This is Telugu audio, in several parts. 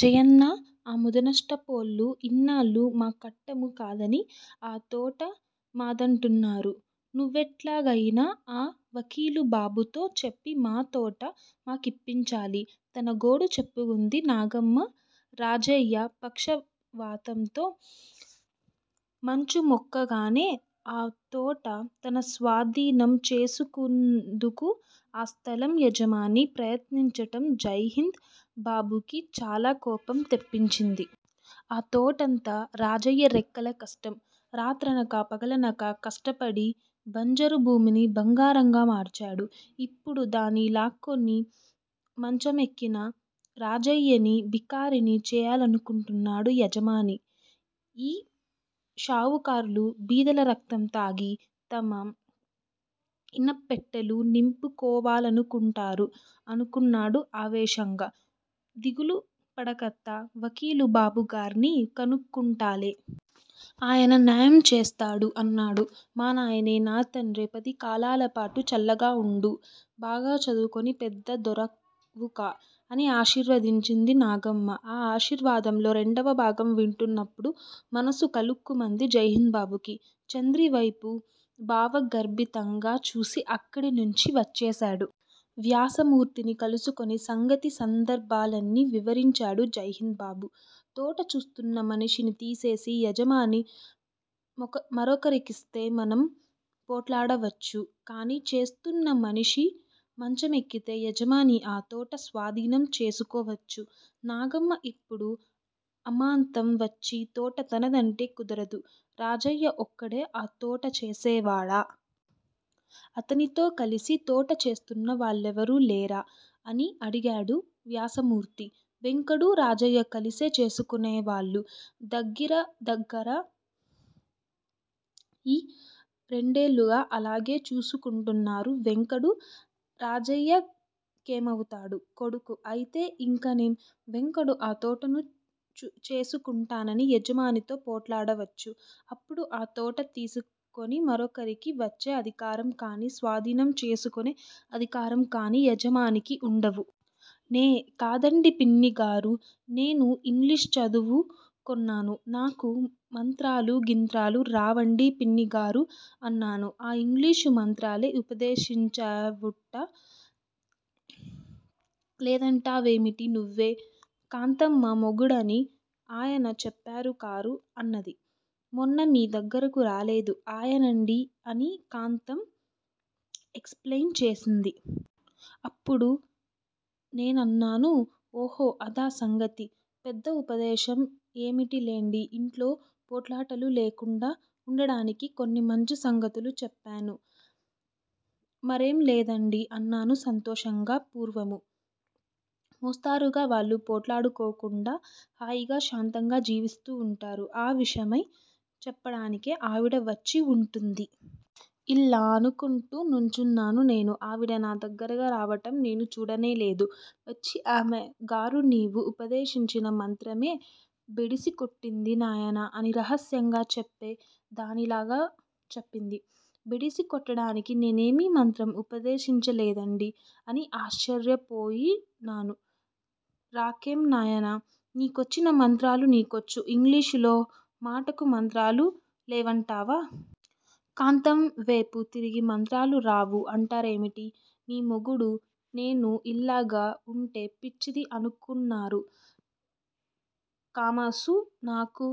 జయన్నా! ఆ ముదనష్టపోళ్ళు ఇన్నాళ్ళు మా కట్టము కాదని ఆ తోట మాదంటన్నారు. నువ్వెట్లగయినా ఆ వకీలు బాబుతో చెప్పి మాతోట మాకిప్పించాలి! తన గోడు చెప్పుకుంది నాగమ్మ రాజయ్య పక్షవాతంతో మంచమెక్కగానే ఆ తోట తనస్వాధీనం చేసుకుందుకు ఆ స్ధలం యజమాని ప్రయత్నించటం జైహింద్ బాబుకీ చాలా కోపం తెప్పించింది. ఆ తోటంతా రాజయ్య రెక్కల కష్టం. రాత్రనక, పగలనక కష్టపడి బంజరు భూమిని బంగారంగా మార్చాడు. ఇప్పుడు దాన్ని లాక్కుని మంచమెక్కిన రాజయ్యని బికారిని చెయ్యాలనుకుంటున్నాడు యజమాని. ఈ షావుకార్లు బీదల రక్తం తాగి తమ ఇనప్పెట్టెలు నింపుకోవాలనుకుంటారు అనుకున్నాడు ఆవేశంగా. దిగులు పడకత్తా! వకీలు బాబుగార్ని కనుక్కుంటాలే! ఆయన న్యాయం చేస్తాడు అన్నాడు. మా నాయనే! నా తండ్రే! పది కాలాలపాటు చల్లగా వుండు. బాగా చదువుకొని పెద్ద దొరవుకా? అని ఆశీర్వదించింది నాగమ్మ. ఆ ఆశీర్వాదంలో రెండవభాగం వింటున్నప్పుడు మనస్సు కలుక్కుమంది జైహింద్ బాబుకి. చంద్రి వైపు భావగర్భితంగా చూసి అక్కడి నుంచి వచ్చేశాడు. వ్యాసమూర్తిని కలుసుకొని సంగతి సందర్భాలన్నీ వివరించాడు జైహింద్ బాబు! తోట చూస్తున్న మనిషిని తీసేసి యజమాని మరొకరికిస్తే మనం పోట్లాడవచ్చు. కానీ చేస్తున్న మనిషి మంచమెక్కితే యజమాని ఆ తోట స్వాధీనం చేసుకోవచ్చు. నాగమ్మ ఇప్పుడు అమాంతం వచ్చి తోట తనదంటే కుదరదు. రాజయ్య ఒక్కడే ఆ తోట చేసే వాడా? అతనితో కలసి తోట చేస్తున్న వాళ్లెవరూ లేరా? అని అడిగాడు వ్యాసమూర్తి. వెంకడూ, రాజయ్య కలిసే చేసుకొనేవాళ్ళు. దగ్గిర దగ్గిర ఈ రెండేళ్ళుగా అలాగే చూసుకొంటున్నారు వెంకడు, రాజయ్యకేమవుతాడు? కొడుకు! అయితే ఇకనేం? వెంకడు ఆ తోటను చేసుకొంటానని యజమానితో పోట్లాడవచ్చు. అప్పుడు ఆ తోట తీసుకొని మరొకరికి వచ్చే అధికారం కాని, స్వాధీనం చేసుకొనే అధికారం కాని యజమానికి వుండదు. నే కాదండీ పిన్నిగారూ, నేను ఇంగ్లీషు చదువు కొన్నాను, నాకు మంత్రాలూ గింత్రాలూ రావండి పిన్నిగారూ అన్నాను. ఆ ఇంగ్లీషు మంత్రాలే ఉపదేశించావుట, లేదంటావేమిటి నువ్వే! కాంతమ్మ మొగుడని ఆయన చెప్పారు కారూ? అన్నది. మొన్న మీ దగ్గరకు రాలేదూ, ఆయనండీ అని కాంతం ఎక్సుప్లెయిన్ చేసింది. అప్పుడు నేనన్నాను: ఓహో, అదా సంగతి? పెద్ద ఉపదేశం ఏమిటిలెండి, ఇంట్లో పోట్లాటలు లేకుండా ఉండటానికి కొన్ని మంచి సంగతులు చెప్పాను. మరేంలేదండీ అన్నాను సంతోషంగా, పూర్వము. మోస్తరుగా వాళ్ళు పోట్లాడుకోకుండా హాయిగా శాంతంగా జీవిస్తూ ఉంటారు. ఆ విషయమై చెప్పడానికే ఆవిడ వచ్చి ఉంటుంది. ఇల్లా అనుకొంటూ నుంచున్నాను నేను. ఆవిడ నా దగ్గరగా రావటం నేను చూడనే లేదు. వచ్చి ఆమె గారు నీవు ఉపదేశించిన మంత్రమే బెడిసి కొట్టింది నాయనా అని రహస్యంగా చెప్పే దానిలాగా చెప్పింది. బెడిసి కొట్టటానికి నేనేమీ మంత్రం ఉపదేశించలేదండీ అని ఆశ్చర్యపోయినాను. రాకేం నాయనా, నీకొచ్చిన మంత్రాలు నీకొచ్చు, ఇంగిలీషులో మటుకు మంత్రాలు లేవంటావా? కాంతం వేపు తిరిగి మంత్రాలు రావూ అంటారేమిటి నీ మొగుడు, నేను ఇల్లాగ ఉంటే పిచ్చిది అనుకున్నారు కామాసు, నాకు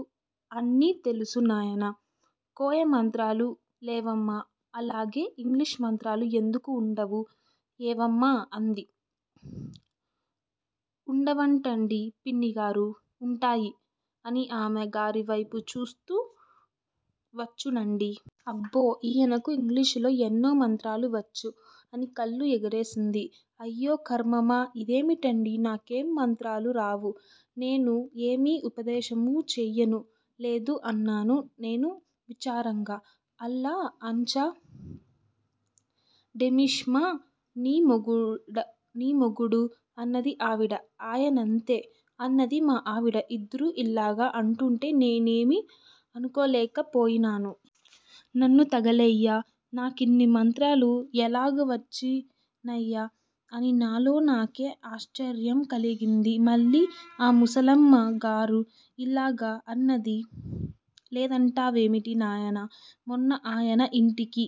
అన్ని తెలుసు నాయనా, కోయ మంత్రాలు లేవమ్మా, అల్లాగే ఇంగ్లీషు మంత్రాలు ఎందుకు ఉండవూ? ఏవమ్మా? అంది. వుండవటండీ! పిన్నిగారూ, ఉంటాయి. అని ఆమె గారి వైపు చూస్తూ వచ్చునండీ. అబ్బో, ఈయనకు ఇంగ్లీషులో ఎన్నో మంత్రాలు వచ్చు అని కళ్ళు ఎగరేసింది. అయ్యో ఖర్మమా. ఇదేమిటండీ, నాకేం మంత్రాలూ రావు! నేను ఏమీ ఉపదేశమూ చెయ్యనూ లేదు అన్నాను నేను విచారంగా. అల్లా అంచా డేమిషమ్మా నీ మొగుడూ? అన్నది ఆవిడ, ఆయనంతే అన్నది మా ఆవిడ, ఇద్దరూ ఇల్లాగ అంటూంటే నేనేమీ అనీకోలేకపోయినాను. నన్ను తగలెయ్య నాకిన్ని మంత్రాలు ఎల్లాగువచ్చినయ్యా అని నాలో నాకే ఆశ్చర్యం కలిగింది. మళ్ళీ ఆ ముసలమ్మ గారు ఇల్లాగ అన్నది లేదంటావేమిటి నాయనా. మొన్న ఆయన ఇంటికి